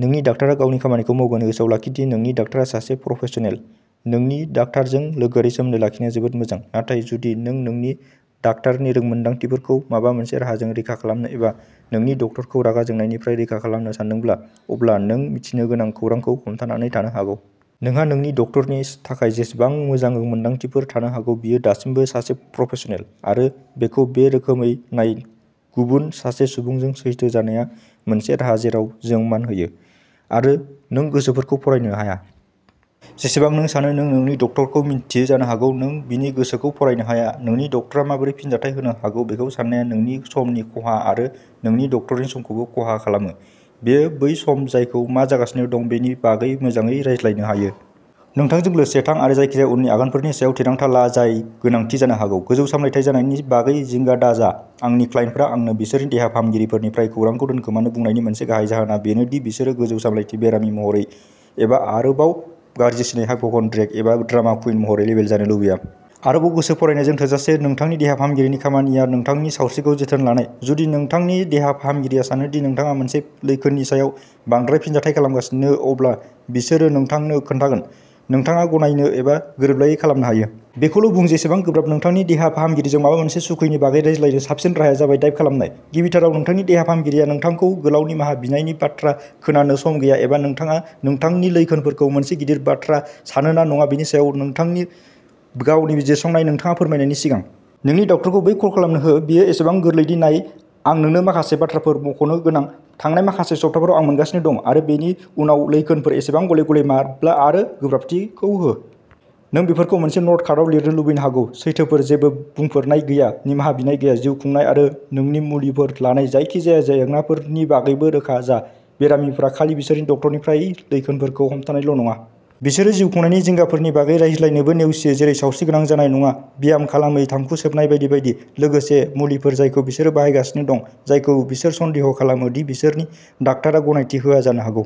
नोंनि डाक्टारआ गावनि खामानिखौ मावगोन। गोसोआव लाखि दि नोंनि डाक्टारआ सासे प्रफेसनेल। नोंनि डाक्टारजों लोगोआरि सोमोन्दो लाखिनाया जोबोद मोजां। नाथाय जुदि नों नोंनि डाक्टारनि मोनदांथिफोरखौ माबा मोनसे राहाजों रैखा खालामनो एबा नोंनि डक्टरखौ रागा जोंनायनिफ्राय रैखा खालामनो सानदोंब्ला अब्ला नों मिथिनो गोनां खौरांखौ हमथानानै थानो हागौ। नोंहा नोंनि डक्टरनि थाखाय जेसेबां मोजां मोनदांथिफोर थानो हागौ बियो दासिमबो सासे प्रफेसनेल। आरो बेखौ बे रोखोमै नाय गुबुन सासे सुबुंजों सैथो जानाया मोनसे राहा जेराव जों मान होयो। आरो नों गोसोफोरखौ फरायनो हाया। जेसेबां नों सानो नों नोंनि डक्टरखौ मिन्थियो जानो हागौ नों बिनि गोसोखौ फरायनो हाया। नोंनि डक्टरआ माबोरै फिनजाथाय होनो हागौ बेखौ सान्नाया नोंनि समनि खहा आरो नोंनि डक्टरनि समखौबो खहा खालामो। बेयो बै सम जायखौ मा जागासिनो दं बेनि बागै मोजाङै रायज्लायनो हायो। नोंथांजों लोगोसे थां आरो जायखिजाया उननि आगानफोरनि सायाव थिरांथा ला जाय गोनांथि जानो हागौ। गोजौ सामलायथाय जानायनि बागै जिंगा दाजा। आंनि क्लाइन्टफोरा आंनो बिसोरनि देहा फाहामगिरिफोरनिफ्राय खौरांखौ दोनखोमानो बुंनायनि मोनसे गाहाय जाहोना बेनो दि बिसोरो गोजौ सामलायथि बेरामि महरै एबा आरोबाव गाज्रिसिनै हाइपकन्ड्रियाक एबा ड्रामा कुइन महरै लेबेल जानो लुबैया। आरोबाव गोसो फरायनायजों थोजासे नोंथांनि देहा फाहामगिरिनि खामानिया नोंथांनि सावस्रिखौ जोथोन लानाय। जुदि नोंथांनि देहा फाहामगिरिया सानो दि नोंथाङा मोनसे लैखोननि सायाव बांद्राय फिनजाथाय खालामगासिनो अब्ला बिसोरो नोंथांनो खोन्थागोन। नोंथाङा गनायनो एबा गोरोबलायै खालामनो हायो। बेखौल'बुं जेसेबां गोब्राब नोंथांनि देहा फाहामगिरिजों माबा मोनसे सुखुयैनि बागै रायज्लायनो साबसिन राहाया जाबाय दाइभ खालामनाय। गिबिथाराव नोंथांनि देहा फाहामगिरिया नोंथांखौ गोलाव निमाहा बिनायनि बाथ्रा खोनानो सम गैया एबा नोंथाङा नोंथांनि लैखोनफोरखौ मोनसे गिदिर बाथ्रा सानो ना नङा बेनि सायाव नोंथांनि गावनि बिजिरसंनाय नोंथाङा फोरमायनायनि सिगां। नोंनि डाक्टारखौ बै कल खालामनो हो। बेयो एसेबांनो गोरलैदि नाय आं नोंनो माखासे बाथ्राफोर मख'नो गोनां। थांनाय माखासे सप्ताफोराव आं मोनगासिनो दं। आरो बेनि उनाव लैखोनफोर बेसेबां गले गले माब्ला आरो गोब्राबथिखौ हो। नों बेफोरखौ मोनसे न'ट कार्डआव लिरनो लुबैनो हागौ। सैथोफोर जेबो बुंफोरनाय गैया निमाहा बिनाय गैया। नोंनि जिउखुंनाय आरो नोंनि मुलिफोर लानाय जायखिजाया जेंनाफोरनि बागैबो रोखा जा। बेरामिफोरा खालि बिसोरनि डाक्टारनिफ्राय लैखोनफोरखौ हमथानायल' नङा। बिसोरो जिउखुंनायनि जिंगाफोरनि बागै रायज्लायनोबो नेवसियो जेरै सावस्रिगोनां जानाय नङा ब्याम खालामाखै थांखु सोबनाय बायदि बायदि। लोगोसे मुलिफोर जायखौ बिसोरो बाहायगासिनो दं जायखौ बिसोर सन्देह खालामो दि बिसोरनि डाक्टारआ गनायथि होआ जानो हागौ।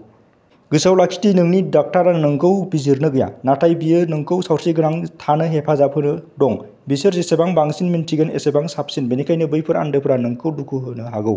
गोसोआव लाखि दि नोंनि डाक्टारआ नोंखौ बिजिरनो गैया। नाथाय बियो नोंखौ सावस्रिगोनां थानो हेफाजाब होनो दं। बिसोर जेसेबां बांसिन मिन्थिगोन एसेबांनो साबसिन। बेनिखायनो बैफोर आन्दोफोरा नोंखौ दुखु होनो हागौ।